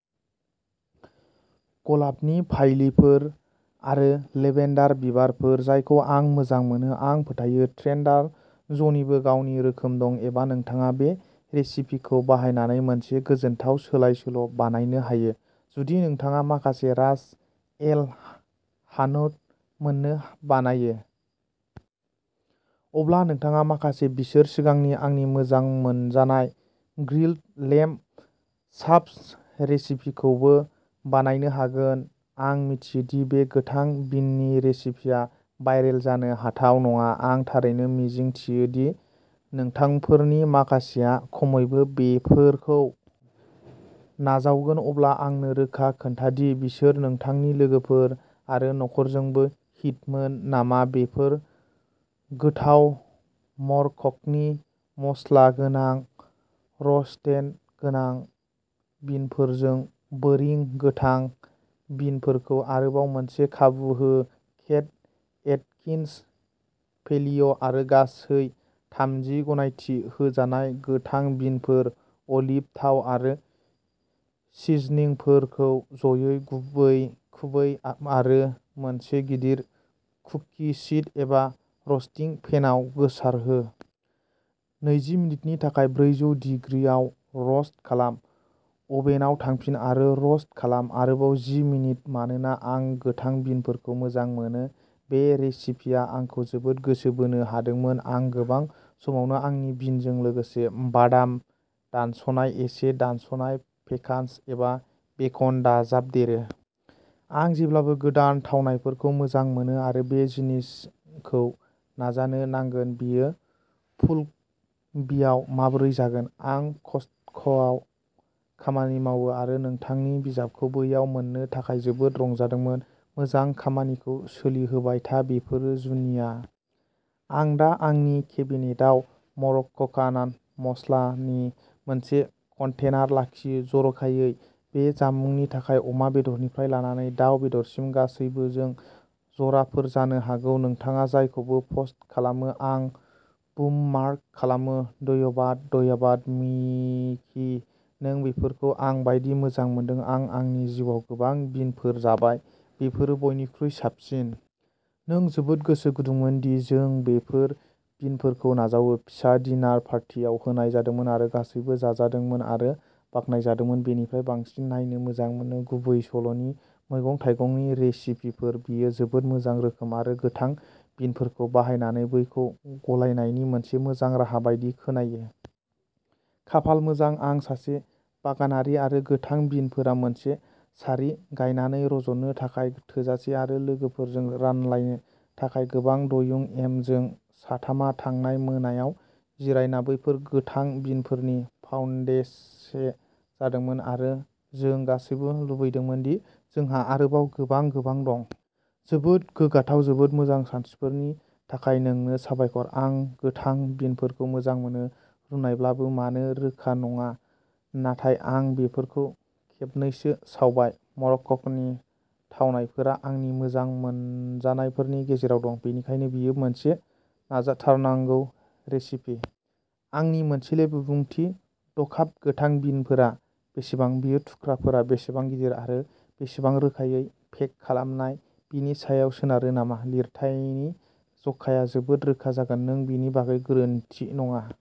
गलाबनि फाइलिफोर आरो लेभेन्डार बिबारफोर जायखौ आं मोजां मोनो। आं फोथायो ट्रेन्डार ज'निबो गावनि रोखोम दं-एबा नोंथाङा बे रेसिपिखौ बाहायनानै मोनसे गोजोनथाव सोलाय-सोल' बानायनो हायो। जुदि नोंथाङा माखासे रास एल हानौत मोनो बानायो, अब्ला नोंथाङा माखासे बोसोर सिगांनि आंनि मोजां मोनजानाय ग्रिल्ड लेम्ब चाप्स रेसिपिखौबो बानायनो हागोन आं मिथियो दि बे गोथां बिननि रेसिपिया भाइरेल जानो हाथाव नङा, आं थारैनो मिजिंथियो दि नोंथांफोरनि माखासेया खमैबो बेफोरखौ नाजावगोन, अब्ला आंनो रोखा खोन्था दि बिसोर नोंथांनि लोगोफोर आरो नखरजोंबो हिटमोन नामा बेफोर गोथाव मरक्क'नि मस्ला गोनां र'स्टेन गोथां बिनफोरजों बोरिं गोथां बिनफोरखौ आरोबाव मोनसे खाबु हो केट, एटकिन्स, पेलिय' आरो गासै थामजि गनायथि होजानाय गोथां बिनफोर, अलिभ थाव आरो सिजनिंफोरखौ ज'यै गुबै खुबै आरो मोनसे गिदिर कुकि शीट एबा र'स्टिं पेनआव गोसारहो। नैजि मिनिटनि थाखाय ब्रैजौ दिग्रि आव र'स्ट खालाम। अभेनआव थांफिन आरो र'स्ट खालाम। आरोबाव जि मिनिट। मानोना आं गोथां बिनफोरखौ मोजां मोनो, बे रेसिपिया आंखौ जोबोद गोसो बोनो हादोंमोन। आं गोबां समावनो आंनि बिनजों लोगोसे बादाम दानस'नाय, एसे दानस'नाय पेकान्स एबा बेकन दाजाबदेरो। आं जेब्लाबो गोदान थावनायफोरखौ मोजां मोनो आरो बे जिनिसखौ नाजानो नांगोन बियो फुलबियाव माबोरै जागोन? आं कस्टक'आव खामानि मावो आरो नोंथांनि बिजाबखौ बैयाव मोन्नो थाखाय जोबोद रंजादोंमोन। मोजां खामानिखौ सोलिहोबाय था बेफोरो जुनिया आं दा आंनि केबिनेटआव मरक्कान मस्ला नि मोनसे कन्टेनार लाखियो जर'खायै बे जामुंनि थाखाय अमा बेदरनिफ्राय लानानै दाव बेदरसिम गासैबोजों जराफोर जानो हागौ नोंथाङा जायखौबो पस्ट खालामो, आं बुम्मार्क खालामो, धय'बाद धय'बाद मिकि, नों बेफोरखौ आं बायदि मोजां मोनदों आं आंनि जिउआव गोबां बिनफोर जाबाय, बेफोरो बयनिख्रुइ साबसिन। नों जोबोद गोसो गुदुंमोन दि जों बेफोर बिनफोरखौ नाजावो। फिसा डिनार पार्टियाव होनाय जादोंमोन आरो गासैबो जाजादोंमोन आरो बाखनायजादोंमोन। बेनिफ्राय बांसिन नायनो मोजां मोनो। गुबैसल'नि मैगं-थाइगंनि रेसिपिफोर। बेयो जोबोद मोजां रोखोम आरो गोथां बिनफोरखौ बाहायनानै बेखौ गलायनायनि मोनसे मोजां राहा बायदि खोनायो। खाफाल मोजां आं सासे बागानारि, आरो गोथां बिनफोरा मोनसे सारि गायनानै रज'नो थाखाय थोजासे आरो लोगोफोरजों रानलायनो थाखाय गोबां दं यु एम जों साथामआ थांनाय मोनायाव जिरायना बेफोर गोथां बिनफोरनि पाउन्देसे जादोंमोन, आरो जों गासैबो लुबैदोंमोन दि जोंहा आरोबाव गोबां, गोबां दं। जोबोद गोग्गाथाव जोबोद मोजां सानस्रिफोरनि थाखाय नोंनो साबायखर। आं गोथां बिनफोरखौ मोजां मोनो, रुनायब्लाबो। मानो रोखा नङा, नाथाय आं बेफोरखौ खेबनैसो सावबाय। मरक्क'नि थावनायफोरा आंनि मोजां मोनजानायफोरनि गेजेराव दं, बेनिखायनो बेयो मोनसे नाजाथारनांगौ रेसिपि। आंनि मोनसेल' बिबुंथि द'काप गोथां बिनफोरा बेसेबां? बेयो थुख्राफोरा बेसेबां गिदिर, आरो बेसेबां गोरायै पेक खालामनाय बिनि सायाव सोनारो नामा? लिरथायनि जखाया जोबोद रोखा जागोन। नों बिनि बागै गोरोन्थि नङा,